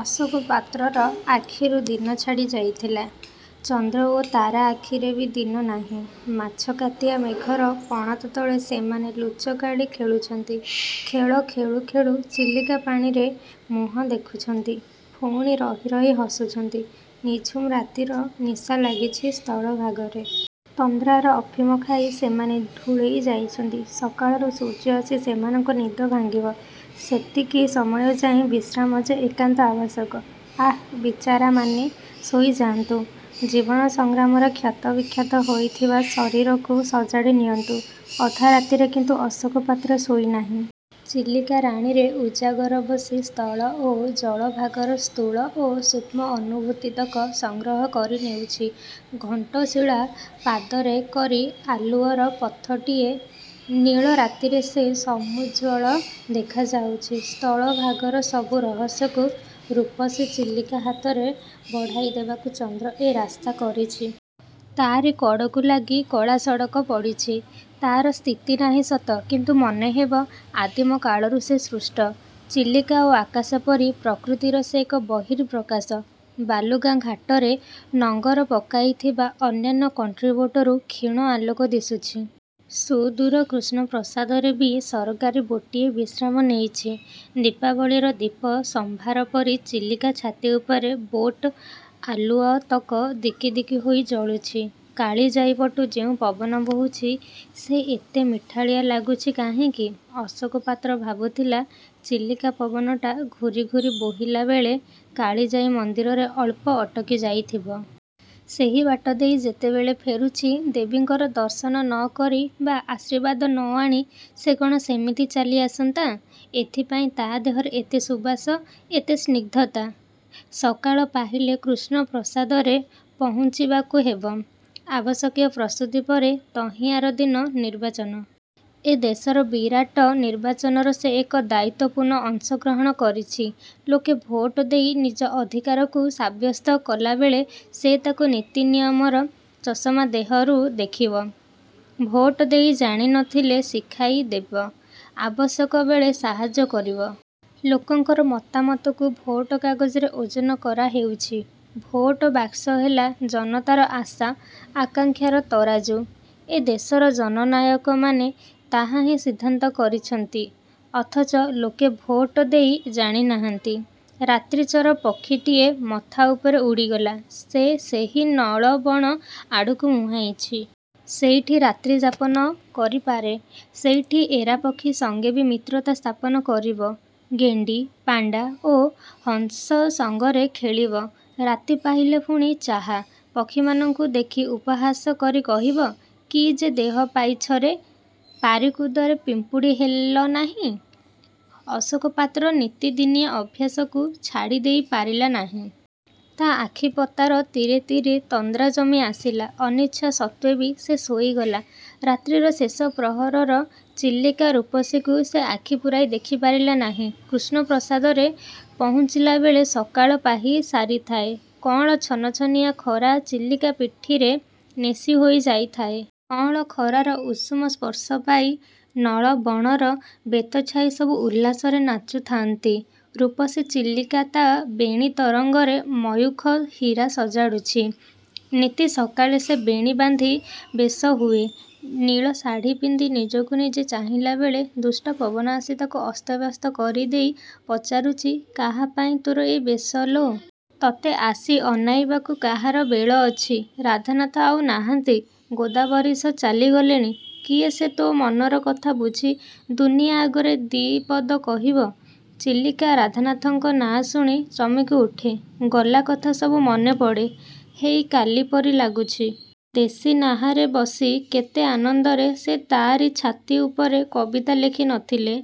ଅଶୋକ ପାତ୍ରର ଆଖିରୁ ଦିନ ଛାଡ଼ି ଯାଇଥିଲା। ଚନ୍ଦ୍ର ଓ ତାରା ଆଖିରେ ବି ଦିନ ନାହିଁ। ମାଛକାତିଆ ମେଘର ପଣତ ତଳେ ସେମାନେ ଲୁଚକାଳି ଖେଳୁଛନ୍ତି। ଖେଳ ଖେଳୁ ଖେଳୁ ଚିଲିକା ପାଣିରେ ମୁହଁ ଦେଖୁଛନ୍ତି। ପୁଣି ରହି, ରହି ହସୁଛନ୍ତି। ନିଝୁମ୍ ରାତିର ନିଶା ଲାଗିଛି ସ୍ଥଳ ଭାଗରେ। ତନ୍ଦ୍ରାର ଅଫିମ ଖାଇ ସେମାନେ ଢୁଳେଇ ଯାଇଛନ୍ତି। ସକାଳର ସୂର୍ଯ୍ୟ ଆସି ସେମାନଙ୍କ ନିଦ ଭାଙ୍ଗିବ। ସେତିକି ସମୟଯାଏ ବିଶ୍ରାମ ଯେ ଏକାନ୍ତ ଆବଶ୍ୟକ! ଆଃ, ବିଚାରାମାନେ ଶୋଇଯାନ୍ତୁ! ଜୀବନ ସଂଗ୍ରାମରେ କ୍ଷତ ବିକ୍ଷତ ହୋଇଥିବା ଶରୀରକୁ ସଜାଡ଼ି ନିଅନ୍ତୁ!! ଅଧାରାତିରେ କିନ୍ତୁ ଅଶୋକ ପାତ୍ର ଶୋଇନାହିଁ। ଚିଲିକା ରାଣୀରେ ଉଜାଗର ବସି ସ୍ଥଳ ଓ ଜଳ ଭାଗର ସ୍ଥୂଳ ଓ ସୂକ୍ଷ୍ମ ଅନୁଭୂତିତକ ସଂଗ୍ରହ କରି ନେଉଛି। ଘଣ୍ଟଶୀଳା ପାଦରେକରି ଆଲୁଅର ପଥଟିଏ। ନୀଳ ରାତିରେ ସେ ସମୁଜ୍ଜ୍ୱଳ ଦେଖା ଯାଉଛି। ସ୍ଥଳ ଭାଗର ସବୁ ରହସ୍ୟକୁ ରୂପସୀ ଚିଲିକା ହାତରେ ବଢ଼ାଇ ଦେବାକୁ ଚନ୍ଦ୍ର ଏ ରାସ୍ତା କରିଛି। ତା'ରି କଡ଼କୁ ଲାଗି କଳା–ସଡ଼କ ପଡ଼ିଛି। ତାର ସ୍ଥିତି ନାହି ସତ କିନ୍ତୁ ମନେ ହେବ, ଆଦିମ କାଳରୁ ସେ ସୃଷ୍ଟ। ଚିଲିକା ଓ ଆକାଶ ପରି ପ୍ରକୃତିର ସେ ଏକ ବର୍ହିଃ ପ୍ରକାଶ। ବାଲୁଗାଁ ଘାଟରେ ନଙ୍ଗର ପକାଇଥିବା ଅନ୍ୟାନ୍ୟ 'କଣ୍ଟ୍ରିବୋଟ'ରୁ କ୍ଷୀଣ ଆଲୋକ ଦିଶୁଛି। ସୁଦୂର କୃଷ୍ଣପ୍ରସାଦରେ ବି ସରକାରୀ ବୋଟ୍ଟିଏ ବିଶ୍ରାମ ନେଇଛି। ଦୀପାବଳୀର ଦୀପ ସମ୍ଭାର ପରି ଚିଲିକା ଛାତି ଉପରେ ବୋଟ୍ ଆଲୁଅତକ ଦିକି, ଦିକି ହୋଇ ଜଳୁଛି। 'କାଳିଜାଈ' ପଟୁ ଯେଉଁ ପବନ ବୋହୁଛି ସେ ଏତେ ମିଠାଳିଆ ଲାଗୁଛି କାହିଁକି? ଅଶୋକ ପାତ୍ର ଭାବୁଥିଲା, ଚିଲିକା ପବନଟା ଘୂରି, ଘୂରି ବୋହିଲାବେଳେ କାଳିଜାଈ ମନ୍ଦିରରେ ଅଳ୍ପ ଅଟକି ଯାଇଥିବ। ସେହି ବାଟ ଦେଇ ଯେତେବେଳେ ଫେରୁଛି, ଦେବୀଙ୍କର ଦର୍ଶନ ନ କରି ବା ଆଶୀର୍ବାଦ ନ ଆଣି ସେ କଣ ସେମିତି ଚାଲି ଆସନ୍ତା? ଏଇଥିପାଇଁ ତା' ଦେହରେ ଏତେ ସୁବାସ, ଏତେ ସ୍ନିଗ୍ଧତା। ସକାଳ ପାହିଲେ କୃଷ୍ଣପ୍ରସାଦରେ ପହୁଞ୍ଚିବାକୁ ହେବ। ଆବଶ୍ୟକୀୟ ପ୍ରସ୍ତୁତି ପରେ ତହିଁଆରଦିନ ନିର୍ବାଚନ। ଏ ଦେଶର ବିରାଟ ନିର୍ବାଚନର ସେ ଏକ ଦାୟିତ୍ୱପୂର୍ଣ୍ଣ ଅଂଶ ଗ୍ରହଣ କରିଛି। ଲୋକେ ଭୋଟ ଦେଇ ନିଜ ଅଧିକାରକୁ ସାବ୍ୟସ୍ତ କଲାବେଳେ, ସେ ତାକୁ ନୀତିନିୟମର ଚଷମା ଦେହରୁ ଦେଖିବ। ଭୋଟ ଦେଇ ଜାଣି ନଥିଲେ ଶିଖାଇ ଦେବ। ଆବଶ୍ୟକ ବେଳେ, ସାହାଯ୍ୟ କରିବ। ଲୋକଙ୍କର ମତାମତକୁ ଭୋଟ କାଗଜରେ ଓଜନ କରାହେଉଛି। ଭୋଟ ବାକ୍ସ ହେଲା ଜନତାର ଆଶା, ଆକାଂକ୍ଷାର ତରାଜୁ। ଏ ଦେଶର ଜନନାୟକମାନେ ତାହାହିଁ ସିଦ୍ଧାନ୍ତ କରିଛନ୍ତି। ଅଥଚ ଲୋକେ ଭୋଟ ଦେଇ ଜାଣିନାହାନ୍ତି!!! ରାତ୍ରିଚର ପକ୍ଷୀଟିଏ ମଥା ଉପରେ ଉଡ଼ିଗଲା। ସେ ସେହି ନଳବଣ ଆଡ଼କୁ ମୁହାଁଇଛି-। ସେଇଠି ରାତ୍ରିଯାପନ କରିପାରେ। ସେଇଠି ଏରାପକ୍ଷୀ ସଙ୍ଗେ ବି ମିତ୍ରତା ସ୍ଥାପନ କରିବ-। ଗେଣ୍ଡି, ପାଣ୍ଡା ଓ ହଂସ ସଙ୍ଗରେ ଖେଳିବ। ରାତି ପାହିଲେ ପୁଣି 'ଚାହା' ପକ୍ଷୀମାନଙ୍କୁ ଦେଖି ଉପହାସ କରି କହିବ, 'କି ଯେ ଦେହ ପାଇଛରେ! ପାରିକୁଦରେ ପିମ୍ପୁଡ଼ି ହେଲନାହିଁ? ' ଅଶୋକ ପାତ୍ର ନିତିଦିନିଆ ଅଭ୍ୟାସକୁ ଛାଡ଼ିଦେଇ ପାରିଲା ନାହିଁ। ତା ଆଖି ପତାର ତୀରେ, ତୀରେ ତନ୍ଦ୍ରା ଜମି ଆସିଲା। ଅନିଚ୍ଛା ସତ୍ତ୍ୱେବି ସେ ଶୋଇଗଲା। ରାତ୍ରିର ଶେଷ ପ୍ରହରର ଚିଲିକା ରୂପସୀକୁ ସେ ଆଖି ପୂରାଇ ଦେଖିପାରିଲା ନାହିଁ। କୃଷ୍ଣପ୍ରସାଦରେ ପହୁଞ୍ଚିଲାବେଳେ ସକାଳ ପାହି ସାରିଥାଏ। କଅଁଳ ଛନଛନିଆ ଖରା ଚିଲିକା ପିଠିରେ ନେସିହୋଇ ଯାଇଥାଏ। କଅଁଳ ଖରାର ଉଷୁମ ସ୍ପର୍ଶ ପାଇ ନଳବଣର ବେତଛାଇ ସବୁ ଉଲ୍ଲାସରେ ନାଚୁଥାନ୍ତି। ରୂପସୀ ଚିଲିକା ତା' ବେଣୀ-ତରଙ୍ଗରେ ମୟୂଖ ହୀରା ସଜାଡ଼ୁଛି। ନିତି ସକାଳେ ସେ ବେଣୀ ବାନ୍ଧି ବେଶ ହୁଏ। ନୀଳ-ଶାଢ଼ି ପିନ୍ଧି ନିଜକୁ ନିଜେ ଚାହିଁଲାବେଳେ, ଦୁଷ୍ଟ ପବନ ଆସି ତାକୁ ଅସ୍ତବ୍ୟସ୍ତ କରିଦେଇ ପଚାରୁଛି, 'କାହାପାଇଁ ତୋର ଏ ବେଶ ଲୋ? ତୋତେ ଆସି ଅନାଇବାକୁ କାହାର ବେଳ ଅଛି? ରାଧାନାଥ ଆଉ ନାହାନ୍ତି। ଗୋଦାବରୀଶ ଚାଲିଗଲେଣି। କିଏ ସେ ତୋ' ମନର କଥା ବୁଝି ଦୁନିଆ ଆଗରେ ଦି'ପଦ କହିବ? ' ଚିଲିକା, ରାଧାନାଥଙ୍କ ନାଁ ଶୁଣି ଚମକି ଉଠେ। ଗଲା କଥା ସବୁ ମନେପଡ଼େ। ହେଇ, କାଲିପରି ଲାଗୁଛି। ଦେଶୀ ନାହାରେ ବସି କେତେ ଆନନ୍ଦରେ ସେ ତା'ରି ଛାତି ଉପରେ କବିତା ଲେଖି ନଥିଲେ?